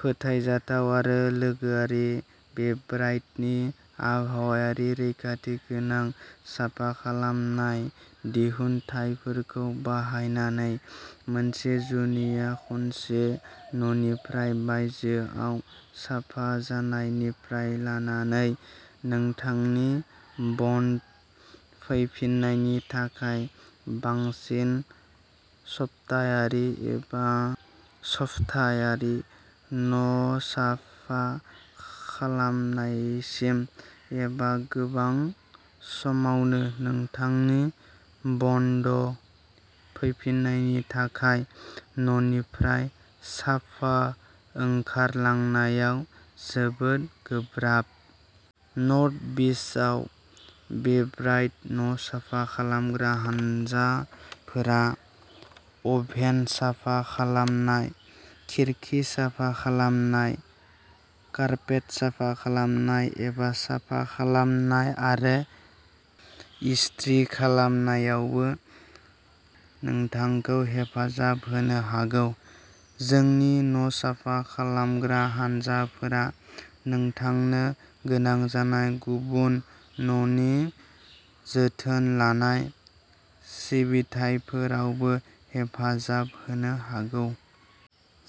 फोथायजाथाव आरो लोगोआरि, बेब्राइटनि आबहावायारि रैखाथि गोनां साफा खालामनाय दिहुनथायफोरखौ बाहायनानै। मोनसे जुनिया खनसे न'निफ्राय बायजोआव साफा जानायनिफ्राय लानानै नोंथांनि बन्ड' फैफिन्नायनि थाखाय बांसिन सप्तायारि एबा ससथायारि न'साफा खालामनायसिम, एबा गोबां समावनो नोंथांनि बन्ड फैफिन्नायनि थाखाय न'निफ्राय साफा ओंखारलांनायाव जोबोद गोब्राब। नर्थ बीचआव बेब्राइट न'साफा खालामग्रा हानजाफोरा अभेन साफा खालामनाय, खिरखि साफा खालामनाय, कारपेट साफा खालामनाय, एबा साफा खालामनाय आरो इस्त्रि खालामनायावबो नोंथांखौ हेफाजाब होनो हागौ। जोंनि न'साफा खालामग्रा हानजाफोरा नोंथांनो गोनां जानाय गुबुन न'नि जोथोन लानाय सिबिथाइफोरावबो हेफाजाब होनो हागौ।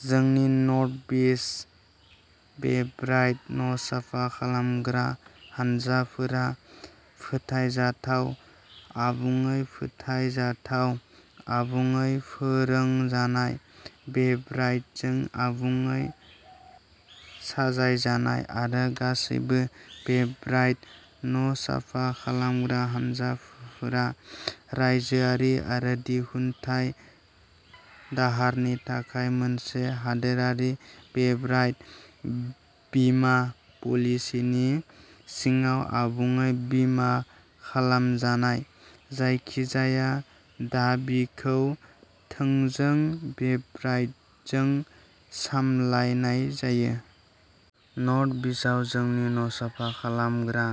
जोंनि नर्थ बीच बेब्राइट न'साफा खालामग्रा हानजाफोरा फोथायजाथाव, आबुङै फोथायजाथाव, आबुङै फोरोंजानाय, बेब्राइटजों आबुङै साजायजानाय, आरो गासैबो बेब्राइट न'साफा खालामग्रा हानजाफोरा रायजोआरि आरो दिहुनथाय दाहारनि थाखाय मोनसे हादोरारि बेब्राइट बीमा पलिसिनि सिङाव आबुङै बीमा खालामजानाय, जायखिजाया दाबिखौ थोंजों बेब्राइटजों सामलायनाय जायो। नर्थ बीचआव जोंनि न'साफा खालामग्रा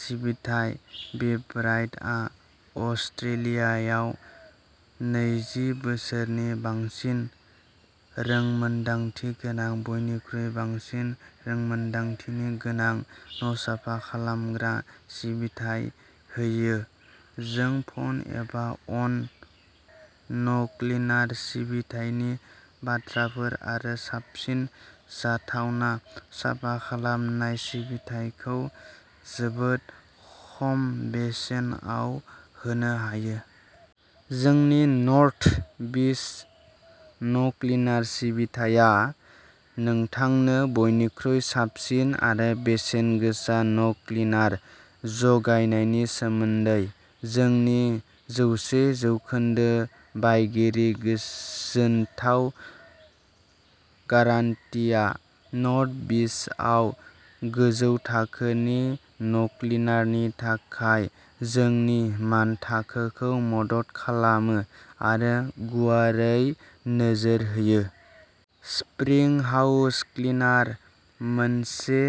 सिबिथाइ बेब्राइटआ अस्ट्रेलियायाव नैजि बोसोरनि बांसिन रोंमोनदांथि गोनां बयनिख्रुइ बांसिन रोंमोनदांथिनि गोनां न'साफा खालामग्रा सिबिथाइ होयो। जों फन एबा अन न'क्लिनार सिबिथायनि बाथ्राफोर आरो साबसिन जाथावना साफा खालामनाय सिबिथायखौ जोबोद खम बेसेनाव होनो हायो। जोंनि नर्थ बीच न'क्लिनार सिबिथाया नोंथांनो बयनिख्रुइ साबसिन आरो बेसेनगोसा न'क्लिनार जगायनायनि सोमोन्दै। जोंनि जौसे जौखोन्दो बायगिरि गोजोनथाव गारान्टिआ नर्थ बीचआव गोजौ थाखोनि न'क्लिनारनि थाखाय जोंनि मानथाखोखौ मदद खालामो आरो गुवारै नोजोर होयो। स्प्रिं हाउस क्लिनार मोनसे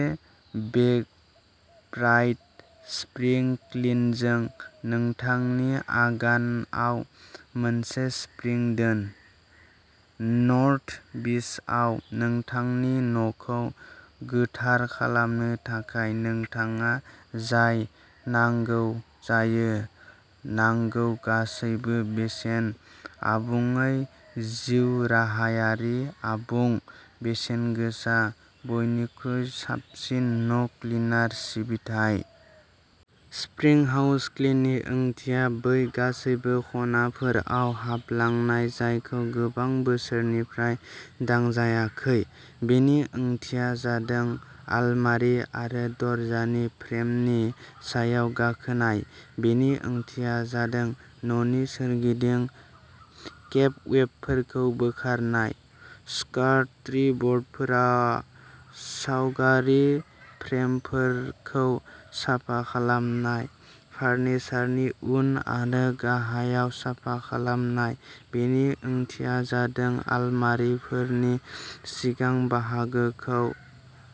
बेब्राइट स्प्रिं क्लिनजों नोंथांनि आगानआव मोनसे स्प्रिं दोन। नर्थ बीचआव नोंथांनि न'खौ गोथार खालामनो थाखाय नोंथाङा जाय नांगौ जायो नांगौ गासैबो बेसेन आबुङै जिउराहायारि, आबुं, बेसेनगोसा, बयनिख्रुइ साबसिन न'क्लिनार सिबिथाइ। स्प्रिं हाउस क्लिननि ओंथिया बै गासिबो खनाफोराव हाबलांनाय जायखौ गोबां बोसोरनिफ्राय दांजायाखै। बेनि ओंथिया जादों आलमारि आरो दरजानि फ्रेमनि सायाव गाखोनाय; बेनि ओंथिया जादों न'नि सोरगिदिं के'बवेबफोरखौ बोखारनाय, स्कार्ट्रि ब'र्डफोर, सावगारि फ्रेमफोरखौ साफा खालामनाय, फारनिसारनि उन आनो गाहायाव साफा खालामनाय, बेनि ओंथिया जादों आलमारिफोरनि सिगां बाहागोखौ,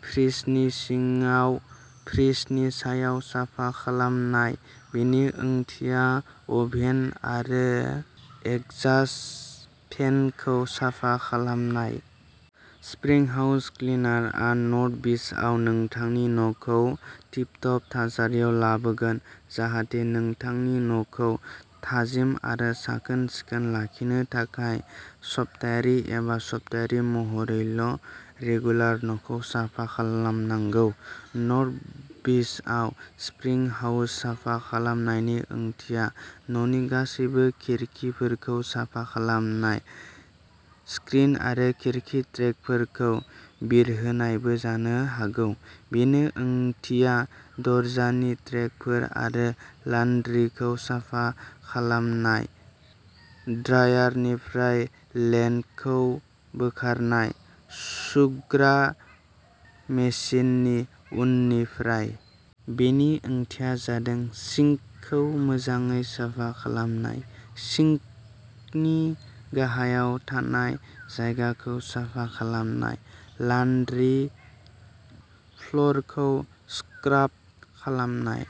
फ्रिजनि सिङाव, फ्रिजनि सायाव साफा खालामनाय; बेनि ओंथिया अभेन आरो एग्जास्ट फेनखौ साफा खालामनाय। स्प्रिं हाउस क्लिनारआ नर्थ बीचआव नोंथांनि न'खौ टिप टप थासारियाव लाबोगोन जाहाथे नोंथांनि न'खौ थाजिम आरो साखोन-सिखोन लाखिनो थाखाय सप्तायारि एबा सप्तायारि महरैल' रेगुलार न'खौ साफा खालामनांगौ। नर्थ बीचआव स्प्रिं हाउस साफा खालामनायनि ओंथिया न'नि गासैबो खिरखिफोरखौ साफा खालामनाय, स्क्रिन आरो खिरखि ट्रेकफोरखौ बिरहोनायबो जानो हागौ, बेनि ओंथिया दरजानि ट्रेकफोर आरो लान्ड्रिखौ साफा खालामनाय-ड्रायारनिफ्राय लेन्टखौ बोखारनाय, सुग्रा मेसिननि उननिफ्राय। बेनि ओंथिया जादों सिंकखौ मोजाङै साफा खालामनाय, सिंकनि गाहायाव थानाय जायगाखौ साफा खालामनाय, लान्ड्रि फ्ल'रखौ स्क्राब खालामनाय।